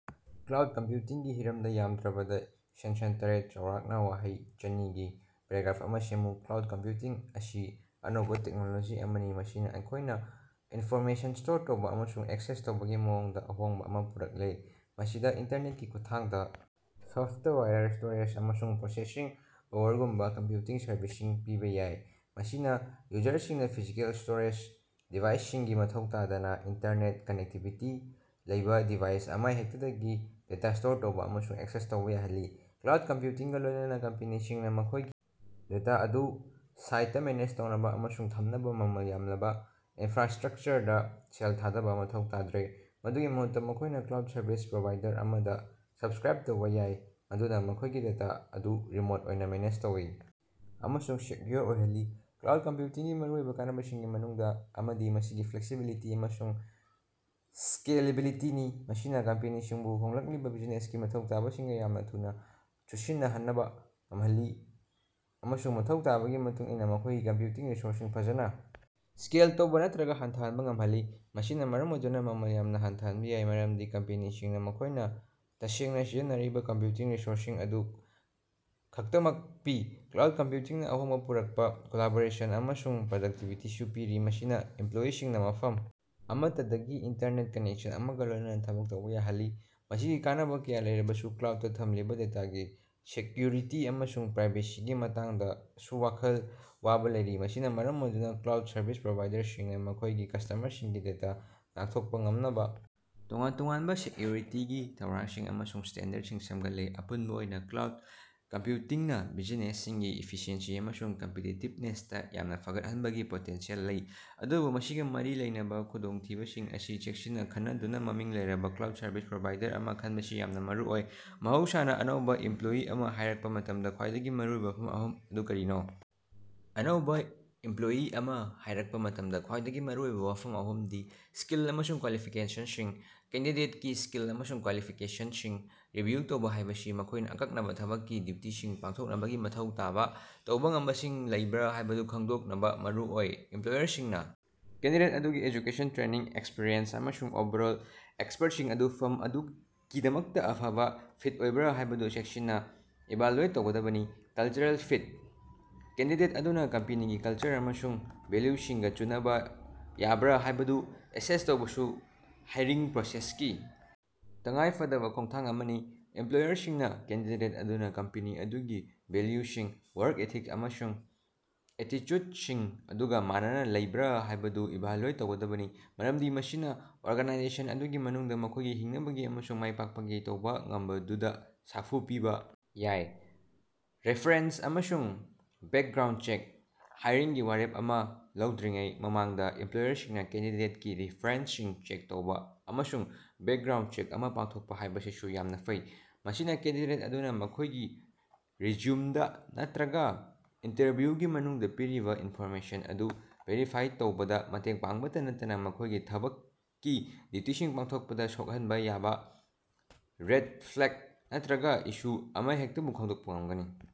Cloud ꯀꯝꯄ꯭ꯌꯨꯇꯤꯡꯒꯤ ꯍꯤꯔꯝꯗ ꯌꯥꯝꯗ꯭ꯔꯕꯗ ꯁꯦꯟꯁꯟ ꯇꯔꯦꯠ ꯆꯥꯎꯔꯥꯛꯅ ꯋꯥꯍꯩ ꯆꯅꯤꯒꯤ ꯄꯦꯔꯥꯒ꯭ꯔꯥꯐ ꯑꯃ ꯁꯦꯝꯃꯨ꯫ ꯀ꯭ꯂꯥꯎꯗ ꯀꯝꯄ꯭ꯌꯨꯇꯤꯡ ꯑꯁꯤ ꯑꯅꯧꯕ ꯇꯦꯛꯅꯣꯂꯣꯖꯤ ꯑꯃꯅꯤ ꯃꯁꯤꯅ ꯑꯩꯈꯣꯏꯅ ꯏꯅꯐꯣꯔꯃꯦꯁꯟ ꯁ꯭ꯇꯣꯔ ꯇꯧꯕ ꯑꯃꯁꯨꯡ ꯑꯦꯛꯁꯦꯁ ꯇꯧꯕꯒꯤ ꯃꯑꯣꯡꯗ ꯑꯍꯣꯡꯕ ꯑꯃ ꯄꯨꯔꯛꯂꯦ꯫ ꯃꯁꯤꯗ ꯏꯟꯇꯔꯅꯦꯠꯀꯤ ꯈꯨꯠꯊꯥꯡꯗ ꯁꯣꯐꯇꯋꯥꯌꯔ, ꯁ꯭ꯇꯣꯔꯦꯖ, ꯑꯃꯁꯨꯡ ꯄ꯭ꯔꯣꯁꯦꯁꯤꯡ ꯄꯥꯋꯔꯒꯨꯝꯕ ꯀꯝꯄ꯭ꯌꯨꯇꯤꯡ ꯁꯔꯚꯤꯁꯁꯤꯡ ꯄꯤꯕ ꯌꯥꯎꯏ꯫ ꯃꯁꯤꯅ ꯌꯨꯖꯔꯁꯤꯡꯅ ꯐꯤꯖꯤꯀꯦꯜ ꯁ꯭ꯇꯣꯔꯦꯖ ꯗꯤꯚꯥꯏꯁꯁꯤꯡꯒꯤ ꯃꯊꯧ ꯇꯥꯗꯅ ꯏꯟꯇꯔꯅꯦꯠ ꯀꯅꯦꯛꯇꯤꯚꯤꯇꯤ ꯂꯩꯕ ꯗꯤꯚꯥꯏꯁ ꯑꯃꯍꯦꯛꯇꯗꯒꯤ ꯗꯦꯇꯥ ꯁ꯭ꯇꯣꯔ ꯇꯧꯕ ꯑꯃꯁꯨꯡ ꯑꯦꯛꯁꯦꯁ ꯇꯧꯕ ꯌꯥꯍꯜꯂꯤ꯫ ꯀ꯭ꯂꯥꯎꯗ ꯀꯝꯄ꯭ꯌꯨꯇꯤꯡꯒ ꯂꯣꯏꯅꯅ ꯀꯝꯄꯦꯅꯤꯁꯤꯡꯅ ꯃꯈꯣꯏꯒꯤ ꯗꯦꯇꯥ ꯑꯗꯨ ꯁꯥꯏꯠꯇ ꯃꯦꯅꯦꯖ ꯇꯧꯅꯕ ꯑꯃꯁꯨꯡ ꯊꯝꯅꯕ ꯃꯃꯜ ꯌꯥꯝꯂꯕ ꯏꯅꯐ꯭ꯔꯥꯁ꯭ꯇꯔꯛꯆꯔꯗ ꯁꯦꯜ ꯊꯥꯗꯕ ꯃꯊꯧ ꯇꯥꯗ꯭ꯔꯦ꯫ ꯃꯗꯨꯒꯤ ꯃꯍꯨꯠꯇ ꯃꯈꯣꯏꯅ ꯀ꯭ꯂꯥꯎꯗ ꯁꯔꯚꯤꯁ ꯄ꯭ꯔꯣꯚꯥꯏꯗꯔ ꯑꯃꯗ ꯁꯕꯁ꯭ꯀꯔꯥꯏꯕ ꯇꯧꯕ ꯌꯥꯏ꯫ ꯃꯗꯨꯅ ꯃꯈꯣꯏꯒꯤ ꯗꯦꯇꯥ ꯑꯗꯨ ꯔꯤꯃꯣꯠ ꯑꯣꯏꯅ ꯃꯦꯅꯦꯖ ꯇꯧꯏ ꯫ ꯑꯃꯁꯨꯡ ꯁꯦꯛꯌꯨꯑꯣꯔ ꯑꯣꯏꯍꯜꯂꯤ꯫ ꯀ꯭ꯂꯥꯎꯗ ꯀꯝꯞꯌꯨꯇꯤꯡꯒꯤ ꯃꯔꯨꯑꯣꯏꯕ ꯀꯥꯟꯅꯕꯁꯤꯡꯒꯤ ꯃꯅꯨꯡꯗ ꯑꯃꯗꯤ ꯃꯁꯤꯒꯤ ꯐ꯭ꯂꯦꯛꯁꯤꯕꯤꯂꯤꯇꯤ ꯑꯃꯁꯨꯡ ꯁ꯭ꯀꯦꯂꯦꯕꯤꯂꯤꯇꯤꯅꯤ꯫ ꯃꯁꯤꯅ ꯀꯝꯄꯦꯅꯤꯁꯤꯡꯕꯨ ꯍꯣꯡꯂꯛꯂꯤꯕ ꯕꯤꯖꯤꯅꯦꯁꯀꯤ ꯃꯊꯧ ꯇꯥꯕꯁꯤꯡꯒ ꯌꯥꯝꯅ ꯊꯨꯅ ꯆꯨꯁꯤꯟꯅꯍꯟꯕ ꯉꯝꯍꯜꯂꯤ ꯫ ꯑꯃꯁꯨꯡ ꯃꯊꯧ ꯇꯥꯕꯒꯤ ꯃꯇꯨꯡ ꯏꯟꯅ ꯃꯈꯣꯏꯒꯤ ꯀꯝꯄ꯭ꯌꯨꯇꯤꯡ ꯔꯤꯁꯣꯔꯁꯁꯤꯡ ꯐꯖꯅ ꯁ꯭ꯀꯦꯜ ꯇꯧꯕ ꯅꯠꯇ꯭ꯔꯒ ꯍꯟꯊꯍꯟꯕ ꯉꯝꯍꯜꯂꯤ꯫ ꯃꯁꯤꯅ ꯃꯔꯝ ꯑꯣꯏꯗꯨꯅ ꯃꯃꯜ ꯌꯥꯝꯅ ꯍꯟꯊꯍꯟꯕ ꯌꯥꯏ ꯃꯔꯝꯗꯤ ꯀꯝꯄꯦꯅꯤꯁꯤꯡꯅ ꯃꯈꯣꯏꯅ ꯇꯁꯦꯡꯅ ꯁꯤꯖꯤꯟꯅꯔꯤꯕ ꯀꯝꯄ꯭ꯌꯨꯇꯤꯡ ꯔꯤꯁꯣꯔꯁꯁꯤꯡ ꯑꯗꯨ ꯈꯛꯇꯃꯛ ꯄꯤ꯫ ꯀ꯭ꯂꯥꯎꯗ ꯀꯝꯄ꯭ꯌꯨꯇꯤꯡꯅ ꯑꯍꯣꯡꯕ ꯄꯨꯔꯛꯄ ꯀꯣꯂꯥꯕꯣꯔꯦꯁꯟ ꯑꯃꯁꯨꯡ ꯄ꯭ꯔꯗꯛꯇꯤꯕꯤꯇꯤꯁꯨ ꯄꯤꯔꯤ꯫ ꯃꯁꯤꯅ ꯏꯝꯞꯂꯣꯌꯤꯁꯤꯡꯅ ꯃꯐꯝ ꯑꯃꯠꯇꯗꯒꯤ ꯏꯟꯇꯔꯅꯦꯠ ꯀꯅꯦꯛꯁꯟ ꯑꯃꯒ ꯂꯣꯏꯅꯅ ꯊꯕꯛ ꯇꯧꯕ ꯌꯥꯍꯜꯂꯤ꯫ ꯃꯁꯤꯒꯤ ꯀꯥꯟꯅꯕ ꯀꯌꯥ ꯂꯩꯔꯕꯁꯨ ꯀ꯭ꯂꯥꯎꯗꯇ ꯊꯝꯂꯤꯕ ꯗꯦꯇꯥꯒꯤ ꯁꯦꯛꯌꯨꯔꯤꯇꯤ ꯑꯃꯁꯨꯡ ꯄ꯭ꯔꯥꯏꯕꯦꯁꯤꯒꯤ ꯃꯇꯥꯡꯗꯁꯨ ꯋꯥꯈꯜ ꯋꯥꯕ ꯂꯩꯔꯤ꯫ ꯃꯁꯤꯅ ꯃꯔꯝ ꯑꯣꯏꯗꯨꯅ ꯀ꯭ꯂꯥꯎꯗ ꯁꯔꯕꯤꯁ ꯄ꯭ꯔꯣꯚꯥꯏꯗꯔꯁꯤꯡꯅ ꯃꯈꯣꯏꯒꯤ ꯀꯁ꯭ꯇꯃꯔꯁꯤꯡꯒꯤ ꯗꯦꯇꯥ ꯉꯥꯛꯊꯣꯛꯄ ꯉꯝꯅꯕ ꯇꯣꯉꯥꯟ ꯇꯣꯉꯥꯟꯕ ꯁꯦꯛꯌꯨꯔꯤꯇꯤꯒꯤ ꯊꯧꯔꯥꯡꯁꯤꯡ ꯑꯃꯁꯨꯡ ꯁ꯭ꯇꯦꯟꯗꯔꯗꯁꯤꯡ ꯁꯦꯝꯒꯠꯂꯦ꯫ ꯑꯄꯨꯟꯕ ꯑꯣꯏꯅ ꯀ꯭ꯂꯥꯎꯗ ꯀꯝꯄ꯭ꯌꯨꯇꯤꯡꯅ ꯕꯤꯖꯤꯅꯦꯁꯁꯤꯡꯒꯤ ꯏꯐꯤꯁꯤꯑꯦꯟꯁꯤ ꯑꯃꯁꯨꯡ ꯀꯝꯄꯤꯇꯤꯇꯤꯞꯅꯦꯁꯇ ꯌꯥꯝꯅ ꯐꯒꯠꯍꯟꯕꯒꯤ ꯄꯣꯇꯦꯟꯁꯤꯌꯦꯜ ꯂꯩ꯫ ꯑꯗꯨꯕꯨ ꯃꯁꯤꯒ ꯃꯔꯤ ꯂꯩꯅꯕ ꯈꯨꯗꯣꯡꯊꯤꯕꯁꯤꯡ ꯑꯁꯤ ꯆꯦꯛꯁꯤꯟꯅ ꯈꯟꯅꯗꯨꯅ ꯃꯃꯤꯡ ꯂꯩꯔꯕ ꯀ꯭ꯂꯥꯎꯗ ꯁꯔꯕꯤꯁ ꯄ꯭ꯔꯣꯚꯥꯏꯗꯔ ꯑꯃ ꯈꯟꯕꯁꯤ ꯌꯥꯝꯅ ꯃꯔꯨꯑꯣꯏ꯫ ꯃꯍꯧꯁꯥꯅ ꯑꯅꯧꯕ ꯏꯝꯞꯂꯣꯌꯤ ꯑꯃ ꯍꯥꯏꯔꯛꯄ ꯃꯇꯝꯗ ꯈ꯭ꯋꯥꯏꯗꯒꯤ ꯃꯔꯨꯑꯣꯏꯕ ꯋꯥꯐꯝ ꯑꯍꯨꯝ ꯑꯗꯨ ꯀꯔꯤꯅꯣ? ꯑꯅꯧꯕ ꯏꯝꯞꯂꯣꯌꯤ ꯑꯃ ꯍꯥꯏꯔꯛꯄ ꯃꯇꯝꯗ ꯈ꯭ꯋꯥꯏꯗꯒꯤ ꯃꯔꯨꯑꯣꯏꯕ ꯋꯥꯐꯝ ꯑꯍꯨꯝꯗꯤ: ꯁ꯭ꯀꯤꯜ ꯑꯃꯁꯨꯡ ꯀ꯭ꯋꯥꯂꯤꯐꯤꯀꯦꯁꯟꯁꯤꯡ: ꯀꯦꯟꯗꯤꯗꯦꯠꯀꯤ ꯁ꯭ꯀꯤꯜ ꯑꯃꯁꯨꯡ ꯀ꯭ꯋꯥꯂꯤꯐꯤꯀꯦꯁꯟꯁꯤꯡ ꯔꯤꯚꯤꯌꯨ ꯇꯧꯕ ꯍꯥꯏꯕꯁꯤ ꯃꯈꯣꯏꯅ ꯑꯀꯛꯅꯕ ꯊꯕꯛꯀꯤ ꯗ꯭ꯌꯨꯇꯤꯁꯤꯡ ꯄꯥꯡꯊꯣꯛꯅꯕꯒꯤ ꯃꯊꯧ ꯇꯥꯕ ꯇꯧꯕ ꯉꯝꯕꯁꯤꯡ ꯂꯩꯕ꯭ꯔ ꯍꯥꯏꯕꯗꯨ ꯈꯪꯗꯣꯛꯅꯕ ꯃꯔꯨꯑꯣꯏ꯫ ꯏꯝꯄꯂꯣꯌꯔꯁꯤꯡꯅ ꯀꯦꯟꯗꯤꯗꯦꯠ ꯑꯗꯨꯒꯤ ꯑꯦꯖꯨꯀꯦꯁꯟ, ꯇ꯭ꯔꯦꯅꯤꯡ, ꯑꯦꯛꯁꯄꯤꯔꯤꯑꯦꯟꯁ ꯑꯃꯁꯨꯡ ꯑꯣꯚꯔꯑꯣꯜ ꯑꯦꯛꯁꯄꯔꯇꯁꯤꯡ ꯑꯗꯨ ꯐꯝ ꯑꯗꯨꯒꯤꯗꯃꯛꯇ ꯑꯐꯕ ꯐꯤꯠ ꯑꯣꯏꯕ꯭ꯔ ꯍꯥꯏꯕꯗꯨ ꯆꯦꯛꯁꯤꯟꯅ ꯏꯚꯥꯜꯌꯨꯑꯦꯠ ꯇꯧꯒꯗꯕꯅꯤ꯫ ꯀꯂꯆꯔꯦꯜ ꯐꯤꯠ: ꯀꯦꯟꯗꯤꯗꯦꯠ ꯑꯗꯨꯅ ꯀꯝꯄꯦꯅꯤꯒꯤ ꯀꯂꯆꯔ ꯑꯃꯁꯨꯡ ꯚꯦꯜꯌꯨꯁꯤꯡꯒ ꯆꯨꯅꯕ ꯌꯥꯕꯔ ꯍꯥꯏꯕꯗꯨ ꯑꯦꯁꯦꯁ ꯇꯧꯕꯁꯨ ꯍꯥꯏꯔꯤꯡ ꯄ꯭ꯔꯣꯁꯦꯁꯀꯤ ꯇꯉꯥꯏ ꯐꯗꯕ ꯈꯣꯡꯊꯥꯡ ꯑꯃꯅꯤ꯫ ꯏꯝꯞꯂꯣꯌꯔꯁꯤꯡꯅ ꯀꯦꯟꯗꯤꯗꯦꯠ ꯑꯗꯨꯅ ꯀꯝꯄꯅꯤ ꯑꯗꯨꯒꯤ ꯚꯦꯜꯌꯨꯁꯤꯡ, ꯋꯥꯔꯛ ꯏꯊꯤꯛꯁ ꯑꯃꯁꯨꯡ ꯑꯦꯇꯤꯆꯨꯗꯁꯤꯡ ꯑꯗꯨꯒ ꯃꯥꯟꯅꯅ ꯂꯩꯕ꯭ꯔꯥ ꯍꯥꯏꯕꯗꯨ ꯏꯚꯥꯜꯌꯨꯑꯦꯠ ꯇꯧꯒꯗꯕꯅꯤ꯫ ꯃꯔꯝꯗꯤ ꯃꯁꯤꯅ ꯑꯣꯔꯒꯥꯅꯥꯏꯖꯦꯁꯟ ꯑꯗꯨꯒꯤ ꯃꯅꯨꯡꯗ ꯃꯈꯣꯏꯒꯤ ꯍꯤꯡꯅꯕꯒꯤ ꯑꯃꯁꯨꯡ ꯃꯥꯏꯄꯥꯛꯄꯒꯤ ꯇꯧꯕ ꯉꯝꯕꯗꯨꯗ ꯁꯥꯐꯨ ꯄꯤꯕ ꯌꯥꯏ꯫ ꯔꯦꯐꯥꯔꯦꯟꯁ ꯑꯃꯁꯨꯡ ꯕꯦꯀꯒ꯭ꯔꯥꯎꯟꯗ ꯆꯦꯛ: ꯍꯥꯏꯔꯤꯡꯒꯤ ꯋꯥꯔꯦꯞ ꯑꯃ ꯂꯧꯗ꯭ꯔꯤꯉꯩ ꯃꯃꯥꯡꯗ, ꯏꯝꯞꯂꯣꯌꯔꯁꯤꯡꯅ ꯀꯦꯟꯗꯤꯗꯦꯠꯀꯤ ꯔꯤꯐꯔꯦꯟꯁꯁꯤꯡ ꯆꯦꯛ ꯇꯧꯕ ꯑꯃꯁꯨꯡ ꯕꯦꯀꯒ꯭ꯔꯥꯎꯟꯗ ꯆꯦꯛ ꯑꯃ ꯄꯥꯡꯊꯣꯛꯄ ꯍꯥꯏꯕꯁꯤꯁꯨ ꯌꯥꯝꯅ ꯐꯩ꯫ ꯃꯁꯤꯅ ꯀꯦꯟꯗꯤꯗꯦꯠ ꯑꯗꯨꯅ ꯃꯈꯣꯏꯒꯤ ꯔꯤꯖ꯭ꯌꯨꯝꯗ ꯅꯠꯇ꯭ꯔꯒ ꯏꯟꯇꯔꯚ꯭ꯌꯨꯒꯤ ꯃꯅꯨꯡꯗ ꯄꯤꯔꯤꯕ ꯏꯟꯐꯣꯔꯃꯦꯁꯟ ꯑꯗꯨ ꯚꯦꯔꯤꯐꯥꯏ ꯇꯧꯕꯗ ꯃꯇꯦꯡ ꯄꯥꯡꯕꯇ ꯅꯠꯇꯅ ꯃꯈꯣꯢꯒꯤ ꯊꯕꯛꯀꯤ ꯗ꯭ꯌꯨꯇꯤꯁꯤꯡ ꯄꯥꯡꯊꯣꯛꯄꯗ ꯁꯣꯛꯍꯟꯕ ꯌꯥꯕ ꯔꯦꯗ ꯐ꯭ꯂꯦꯒ ꯅꯠꯇ꯭ꯔꯒ ꯏꯁꯨ ꯑꯃꯍꯦꯛꯇꯕꯨ ꯈꯪꯗꯣꯛꯄ ꯉꯝꯒꯅꯤ꯫।